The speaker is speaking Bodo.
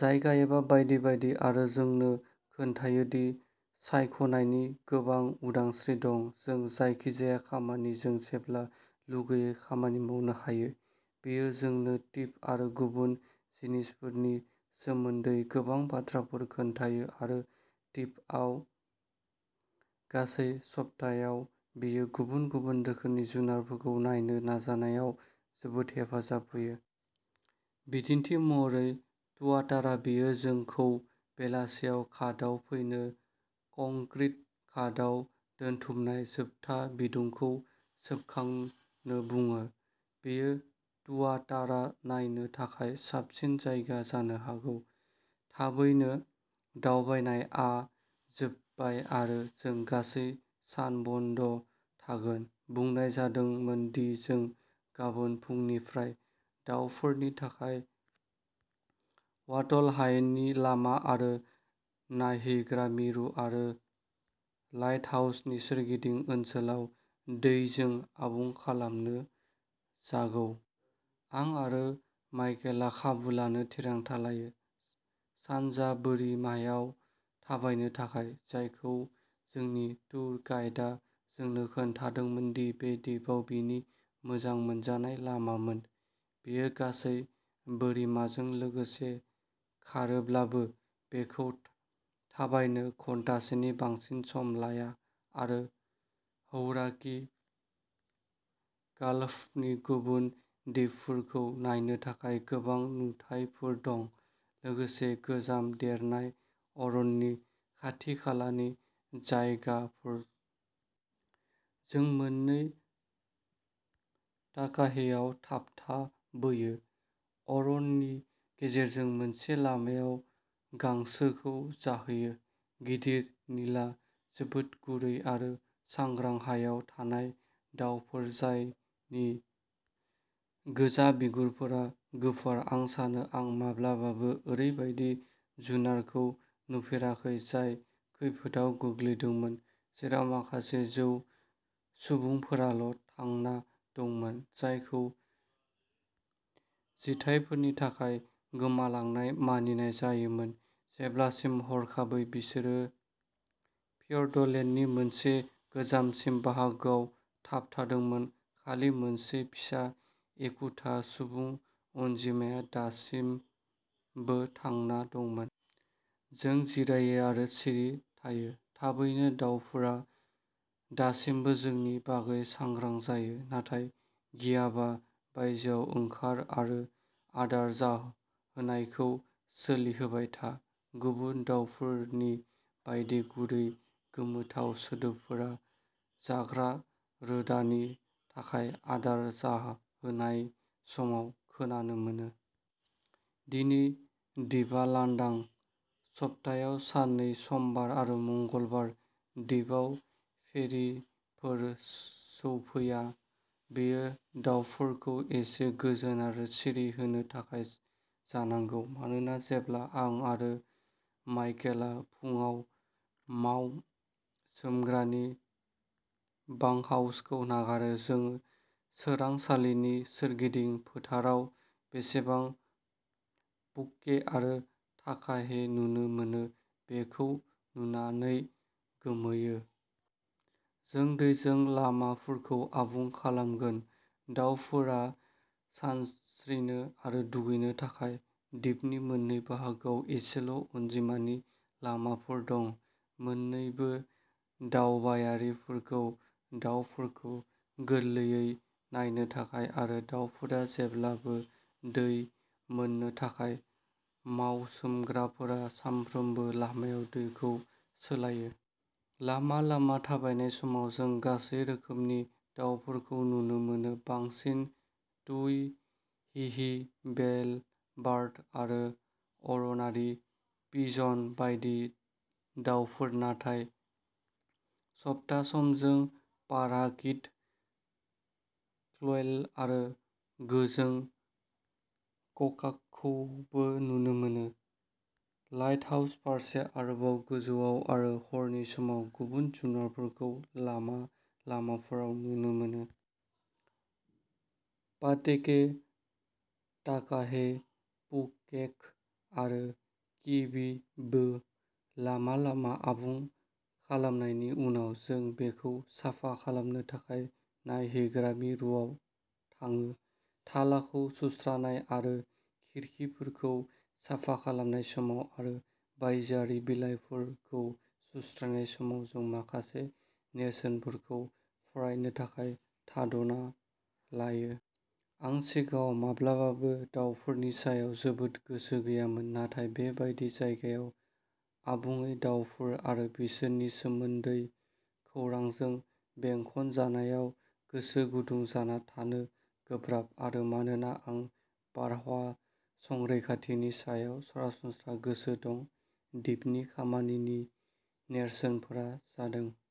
जायगा एबा बायदि बायदि आरो जोंनो खोन्थायो दि सायख'नायनि गोबां उदांस्रि दं। जों जायखिजाया खामानिजों जेब्ला लुगैयो खामानि मावनो हायो। बियो जोंनो दिप आरो गुबुन जिनिसफोरनि सोमोन्दै गोबां बाथ्राफोर खोन्थायो आरो दिपआव गासै सप्तायाव बियो गुबुन गुबुन रोखोमनि जुनारफोरखौ नायनो नाजानायाव जोबोद हेफाजाब होयो। बिदिन्थि महरै तुआतारा, बियो जोंखौ बेलासियाव घाटआव फैनो, कंक्रिट घाटआव दोनथुमनाय जोबथा बिदुंखौ सोबखांनो बुङो। बेयो तुआतारा नायनो थाखाय साबसिन जायगा जानो हागौ। थाबैनो, "दावबायनाय" आ जोबबाय आरो जों गासै सान बन्द' थागोन, बुंनाय जादोंमोन दि जों गाबोन फुंनिफ्राय दावफोरनि थाखाय वाटल हायेननि लामा आरो नायहैग्रा मिरु आरो लाइटहाउसनि सोरगिदिं ओनसोलाव दैजों आबुं खालामनो जागौ। आं आरो माइकेलआ खाबु लानो थिरांथा लायो। सानजा बोरिमायाव थाबायनो थाखाय, जायखौ जोंनि टुर गाइडा जोंनो खोन्थादोंमोन दि बे दिपआव बिनि मोजां मोनजानाय लामामोन। बेयो गासै बोरिमाजों लोगोसे खारोब्लाबो, बेखौ थाबायनो घन्टासेनि बांसिन सम लाया, आरो हौराकी गाल्फनि गुबुन दिपफोरखौ नायनो थाखाय गोबां नुथायफोर दं, लोगोसे गोजाम देरनाय अरननि खाथि-खालानि जायगाफोर। जों मोन्नै ताकाहेआव थाबथाबोयो, अरननि गेजेरजों मोनसे लामायाव गांसोखौ जाहैयो। गिदिर, निला, जोबोद गुरै आरो सांग्रां हायाव थानाय दावफोर जायनि गोजा बिगुरफोरा गोफार, आं सानो आं माब्लाबाबो ओरैबायदि जुनारखौ नुफेराखै जाय खैफोदाव गोग्लैदोंमोन, जेराव माखासे जौ सुबुंफोराल' थांना दंमोन, जायखौ जिथायफोरनि थाखाय गोमालांनाय मानिनाय जायोमोन जेब्लासिम हरखाबै बिसोरो फिअर्डलेन्डनि मोनसे गोजानसिन बाहागोआव थाबथादोंमोन, खालि मोनसे फिसा एखुथा सुबुं अनजिमाया दासिमबो थांना दंमोन। जों जिरायो आरो सिरि थायो। थाबैनो दावफोरा, दासिमबो जोंनि बागै सांग्रां जायो। नाथाय गियाबा, बायजोआव ओंखार आरो आदार जाहोनायखौ सोलिहोबाय था। गुबुन दाउफोरनि बायदि गुरै गोमोथाव सोदोबफोरा, जाग्रा रोदानि थाखाय आदार जाहोनाय समाव खोनानो मोनो। दिनै दिपआ लांदां। सप्तायाव साननै समबार आरो मंगलबार दिपआव फेरिफोर सौफैया। बेयो दावफोरखौ एसे गोजोन आरो सिरि होनो थाखाय जानांगौ, मानोना जेब्ला आं आरो माइकेलआ फुंआव मावसोमग्रानि बांकहाउसखौ नागारो, जों सोरांसालिनि सोरगिदिं फोथाराव बेसेबां पुक'के आरो आकाहे नुनो मोनो बेखौ नुनानै गोमोयो। जों दैजों लामाफोरखौ आबुं खालामगोन, दावफोरा सानस्रिनो आरो दुगैनो थाखाय। दिपनि मोननै बाहागोआव एसेल' अनजिमानि लामाफोर दं, मोननैबो दावबायारिफोरखौ दावफोरखौ गोरलैयै नायनो थाखाय आरो दावफोरा जेब्लाबो दै मोननो थाखाय। मावसोमग्राफोरा सानफ्रोमबो लामायाव दैखौ सोलायो। लामा-लामा थाबायनाय समाव जों गासै रोखोमनि दावफोरखौ नुनो मोनो। बांसिन तुई, हिहि, बेलबार्ड आरो अर'नारि पिजन बायदि दावफोर, नाथाय सप्ता सम जों पाराकिट, क्वेल आरो गोजों ककाक'खौबो नुनो मोनो। लाइटहाउस फारसे आरोबाव गोजौआव, आरो हरनि समाव, गुबुन जुनारफोरखौ लामा-लामाफोराव नुनो मोनो। पाटेके, ताकाहे, पुकेक' आरो किवीबो। लामा-लामा आबुं खालामनायनि उनाव, जों बेखौ साफा खालामनो थाखाय नायहैग्रा मिरुआव थाङो। थालाखौ सुस्रानाय आरो खिरखिफोरखौ साफा खालामनाय समाव आरो बायजोआरि बिलाइफोरखौ सुस्रानाय समाव, जों माखासे नेरसोनफोरखौ फरायनो थाखाय थाद'ना लायो। आं सिगाङाव माब्लाबाबो दावफोरनि सायाव जोबोद गोसो गैयामोन, नाथाय बे बायदि जायगायाव, आबुङै दावफोर आरो बिसोरनि सोमोन्दै खौरांजों बेंखनजानायाव, गोसो गुदुं जाना थानो गोब्राब। आरो मानोना आं बारहावा संरैखाथिनि सायाव सरासनस्रा गोसो दं, दिपनि खामानिनि नेरसोनफोरा जादों।